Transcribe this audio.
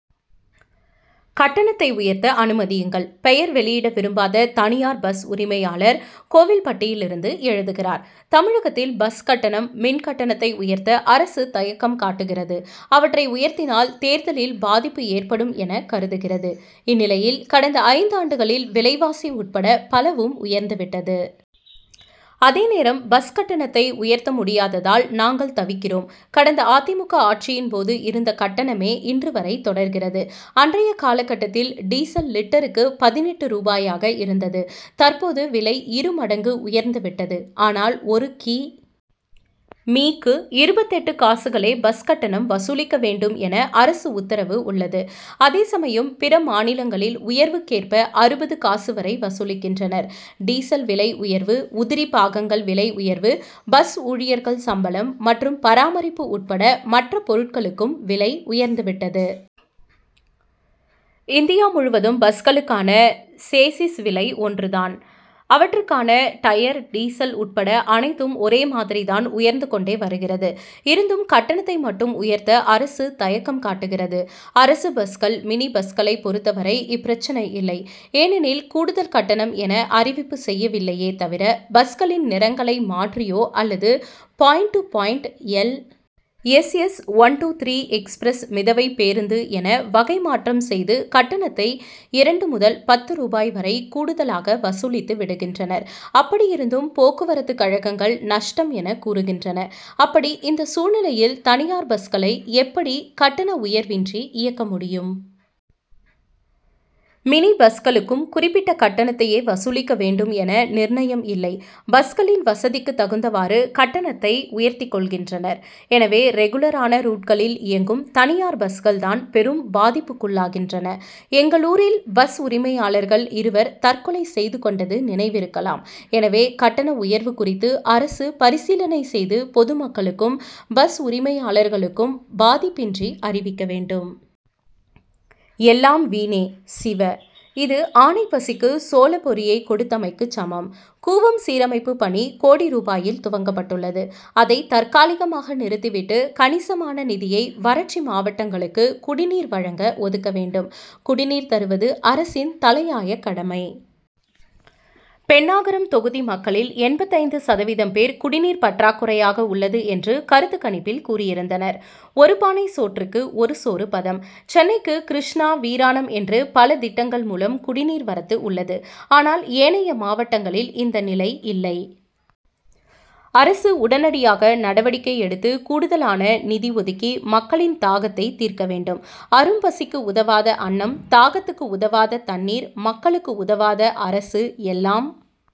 கட்டணத்தை உயர்த்த அனுமதியுங்கள்! பெயர் வெளியிட விரும்பாத தனியார் பஸ் உரிமையாளர் கோவில்பட்டியில் இருந்து எழுதுகிறார் தமிழகத்தில் பஸ் கட்டணம் மின் கட்டணத்தை உயர்த்த அரசு தயக்கம் காட்டுகிறது. அவற்றை உயர்த்தினால் தேர்தலில் பாதிப்பு ஏற்படும் என கருதுகிறது. இந்நிலையில் கடந்த ஐந்தாண்டுகளில் விலைவாசி உட்பட பலவும் உயர்ந்து விட்டது. அதேநேரம் பஸ் கட்டணத்தை உயர்த்த முடியாததால் நாங்கள் தவிக்கிறோம். கடந்த அ. தி. மு. க. ஆட்சியின் போது இருந்த கட்டணமே இன்று வரை தொடர்கிறது. அன்றைய காலகட்டத்தில் டீசல் லிட்டருக்கு பதினெட்டு ரூபாயாக இருந்தது. தற்போது விலை இருமடங்கு உயர்ந்து விட்டது. ஆனால் ஒரு கி. மீ.க்கு இருபத்தெட்டு காசுகளே பஸ் கட்டணம் வசூலிக்க வேண்டும் என அரசு உத்தரவு உள்ளது. அதேசமயம் பிற மாநிலங்களில் உயர்வுக் கேற்ப அறுபது காசு வரை வசூலிக்கின்றனர். டீசல் விலை உயர்வு உதிரிபாகங்கள் விலை உயர்வு பஸ் ஊழியர்கள் சம்பளம் மற்றும் பராமரிப்பு உட்பட மற்ற பொருட்களுக்கும் விலை உயர்ந்துவிட்டது. இந்தியா முழுவதும் பஸ்களுக்கான சேசிஸ் விலை ஒன்றுதான். அவற்றுக்கான டயர் டீசல் உட்பட அனைத்தும் ஒரே மாதிரிதான் உயர்ந்து கொண்டே வருகிறது. இருந்தும் கட்டணத்தை மட்டும் உயர்த்த அரசு தயக்கம் காட்டுகிறது. அரசு பஸ்கள் மினி பஸ்களை பொறுத்தவரை இப்பிரச்னை இல்லை. ஏனெனில் கூடுதல் கட்டணம் என அறிவிப்பு செய்யவில்லையே தவிர பஸ்களின் நிறங்களை மாற்றியோ அல்லது point to point L. S. S. One two three express மிதவை பேருந்து என வகை மாற்றம் செய்து கட்டணத்தை இரண்டு முதல் பத்து ரூபாய் வரை கூடுதலாக வசூலித்து விடுகின்றனர். அப்படியிருந்தும் போக்குவரத்துக் கழகங்கள் நஷ்டம் என கூறுகின்றன. அப்படி இந்த சூழ்நிலையில் தனியார் பஸ்களை எப்படி கட்டண உயர்வின்றி இயக்க முடியும்? மினி பஸ்களுக்கும் குறிப்பிட்ட கட்டணத்தையே வசூலிக்க வேண்டும் என நிர்ணயம் இல்லை. பஸ்களின் வசதிக்கு தகுந்தவாறு கட்டணத்தை உயர்த்திக் கொள்கின்றனர். எனவே ரெகுலரான ரூட்களில் இயங்கும் தனியார் பஸ்கள் தான் பெரும் பாதிப்புக்குள்ளாகின்றன. எங்களூரில் பஸ் உரிமையாளர்கள் இருவர் தற்கொலை செய்து கொண்டது நினைவிருக்கலாம். எனவே கட்டண உயர்வு குறித்து அரசு பரிசீலனை செய்து பொதுமக்களுக்கும் பஸ் உரிமையாளர்களுக்கும் பாதிப்பின்றி அறிவிக்க வேண்டும். எல்லாம் வீணே! சிவ. இது ஆனைப் பசிக்கு சோளப் பொரியைக் கொடுத்தமைக்குச் சமம். கூவம் சீரமைப்பு பணி கோடி ரூபாயில் துவங் கப்பட்டுள்ளது. அதை தற்காலிகமாக நிறுத்தி விட்டு கணிசமான நிதியை வறட்சி மாவட்டங்களுக்கு குடிநீர் வழங்க ஒதுக்க வேண்டும். குடிநீர் தருவது அரசின் தலையாய கடமை. பென்னாகரம் தொகுதி மக்களில் எண்பத்தைந்து சதவீதம் பேர் குடிநீர் பற்றாக்குறையாக உள்ளது என்று கருத்துக் கணிப்பில் கூறியிருந்தனர். ஒரு பானை சோற்றுக்கு ஒரு சோறு பதம்! சென்னைக்கு கிருஷ்ணா வீராணம் என்று பல திட்டங்கள் மூலம் குடிநீர் வரத்து உள்ளது. ஆனால் ஏனைய மாவட்டங்களில் இந்த நிலை இல்லை. அரசு உடனடியாக நடவடிக்கை எடுத்து கூடுதலான நிதி ஒதுக்கி மக்களின் தாகத்தை தீர்க்க வேண்டும். அரும்பசிக்கு உதவாத அன்னம் தாகத்துக்கு உதவாத தண்ணீர் மக்களுக்கு உதவாத அரசு எல்லாம்